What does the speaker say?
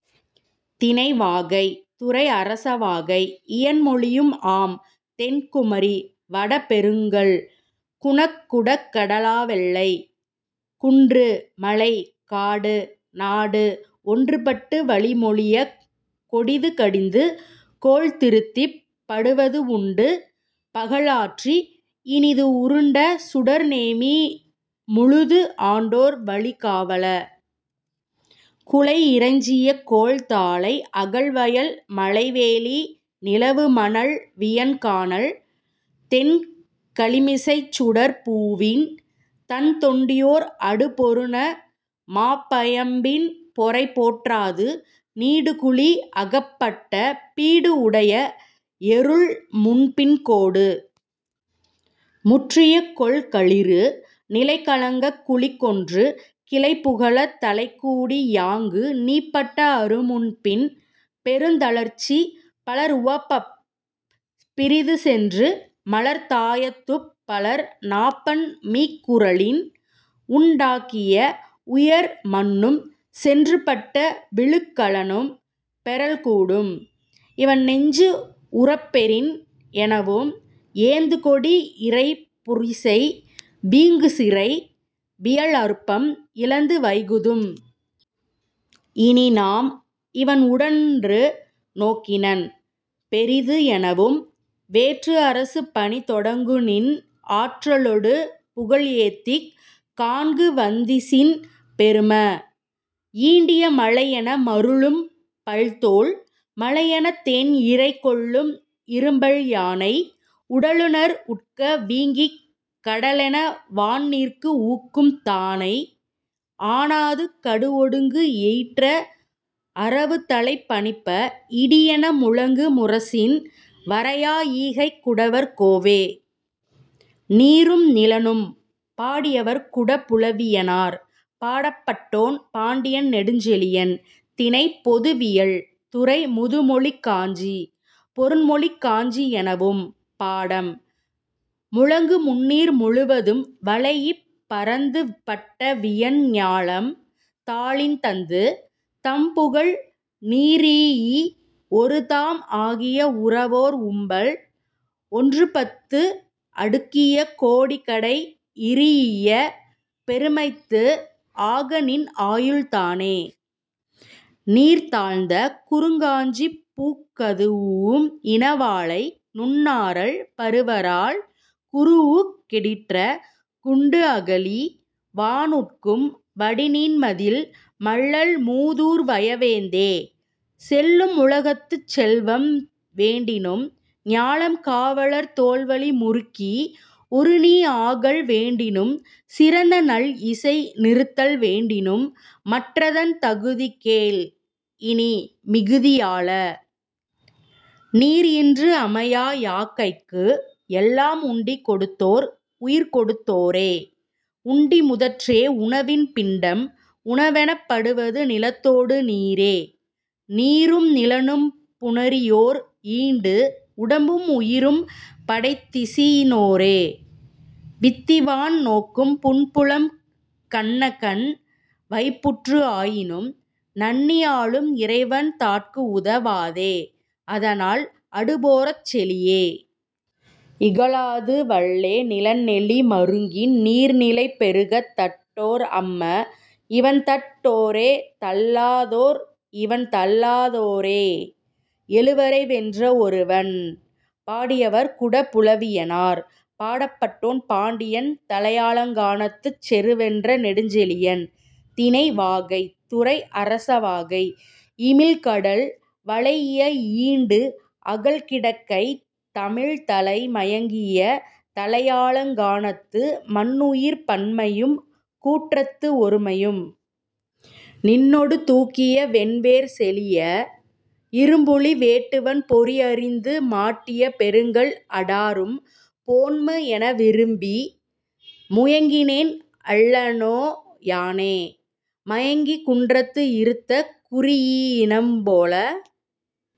திணை; வாகை. துறை: அரசவாகை; இயன்மொழியும் ஆம். தென் குமரி, வட பெருங்கல், குண குட கடலா வெல்லை,। குன்று, மலை, காடு, நாடு ஒன்று பட்டு வழி மொழியக், கொடிது கடிந்து, கோல் திருத்திப், படுவது உண்டு, பகல் ஆற்றி, இனிது உருண்ட சுடர் நேமி முழுது ஆண்டோர் வழி காவல! குலை இறைஞ்சிய கோள் தாழை அகல் வயல், மலை வேலி, நிலவு மணல் வியன் கானல், தெண் கழிமிசைச் சுடர்ப் பூவின், தண் தொண்டியோர் அடு பொருந! மாப் பயம்பின் பொறை போற்றாது, நீடு குழி அகப் பட்ட பீடு உடைய எறுழ் முன்பின் கோடு முற்றிய கொல் களிறு, நிலை கலங்கக் குழி கொன்று, கிளை புகலத் தலைக்கூடி யாங்கு நீ பட்ட அரு முன்பின், பெருந் தளர்ச்சி, பலர் உவப்பப், பிறிது சென்று, மலர் தாயத்துப் பலர் நாப்பண் மீக் கூறலின், 'உண் டாகிய உயர் மண்ணும், சென்று பட்ட விழுக் கலனும், பெறல் கூடும், இவன்நெஞ்சு உறப்பெறின்'எனவும், 'ஏந்து கொடி இறைப் புரிசை, வீங்கு சிறை, வியல் அருப்பம், இழந்து வைகுதும். இனிநாம்; இவன் உடன்று நோக்கினன், பெரிது' எனவும், வேற்று அரசு பணி தொடங்குநின் ஆற்ற லொடு புகழ் ஏத்திக், காண்கு வந்திசின், பெரும! ஈண்டிய மழையென மருளும் பல் தோல், மலையெனத் தேன்இறை கொள்ளும் இரும்பல் யானை, உடலுநர் உட்க வீங்கிக், கடலென வான்நீர்க்கு ஊக்கும் தானை, ஆனாது கடுஒடுங்கு எயிற்ற அரவுத்தலை பனிப்ப, இடியென முழங்கு முரசின், வரையா ஈகைக் குடவர் கோவே!. நீரும் நிலனும்! பாடியவர்; குடபுலவியனார். பாடப்பட்டோன்: பாண்டியன் நெடுஞ்செழியன். திணை: பொதுவியல். துறை: முதுமொழிக் காஞ்சி: பொருண்மொழிக் காஞ்சி எனவும் பாடம். முழங்கு முந்நீர் முழுவதும் வளைஇப் பரந்து பட்ட வியன் ஞாலம் தாளின் தந்து, தம்புகழ் நிறீஇ: ஒருதாம் ஆகிய உரவோர் உம்பல்! ஒன்றுபத்து அடுக்கிய கோடிகடை இரீஇய பெருமைத்து ஆக நின் ஆயுள் தானே! நீர்த் தாழ்ந்த குறுங் காஞ்சிப் பூக் கதூஉம் இன வாளை, நுண் ஆரல், பரு வரால், குரூஉக் கெடிற்ற, குண்டு அகழி; வான் உட்கும் வடிநீண் மதில்; மல்லல் மூதூர் வய வேந்தே! செல்லும் உலகத்துச் செல்வம் வேண்டினும், ஞாலம் காவலர் தோள்வலி முருக்கி, ஒருநீ ஆகல் வேண்டினும், சிறந்த நல்இசை நிறுத்தல் வேண்டினும், மற்றதன் தகுதி கேள், இனி, மிகுதியாள! நீர்இன்று அமையா யாக்கைக்கு எல்லாம் உண்டி கொடுத்தோர் உயிர்கொடுத் தோரே; உண்டி முதற்றே உணவின் பிண்டம்; உணவெனப் படுவது நிலத்தோடு நீரே; நீரும் நிலனும் புணரியோர் ஈண்டு உடம்பும் உயிரும் படைத்திசி னோரே; வித்திவான் நோக்கும் புன்புலம் கண்ணகன் வைப்புற்று ஆயினும், நண்ணி ஆளும் இறைவன் தாட்குஉத வாதே; அதனால், அடுபோர்ச் செழிய! இகழாது வல்லே நிலன்நெளி மருங்கின் நீர்நிலை பெருகத் தட்டோர் அம்ம, இவண்தட் டோரே; தள்ளா தோர்இவண் தள்ளா தோரே.. எழுவரை வென்ற ஒருவன்! பாடியவர்: குடபுலவியனார். பாடப்பட்டோன்: பாண்டியன் தலையாலங்கானத்துச் செருவென்ற நெடுஞ்செழியன். திணை: வாகை. துறை: அரசவாகை. இமிழ்கடல் வளைஇய ஈண்டுஅகல் கிடக்கைத் தமிழ்தலை மயங்கிய தலையாலங் கானத்து, மன்உயிர்ப் பன்மையும், கூற்றத்து ஒருமையும். நின்னொடு தூக்கிய வென்வேற் செழிய! 'இரும்புலி வேட்டுவன் பொறிஅறிந்து மாட்டிய பெருங்கல் அடாரும் போன்ம் என விரும்பி, முயங்கினேன் அல்லனோ யானே! மயங்கிக் குன்றத்து இறுத்த குரீஇஇனம் போல,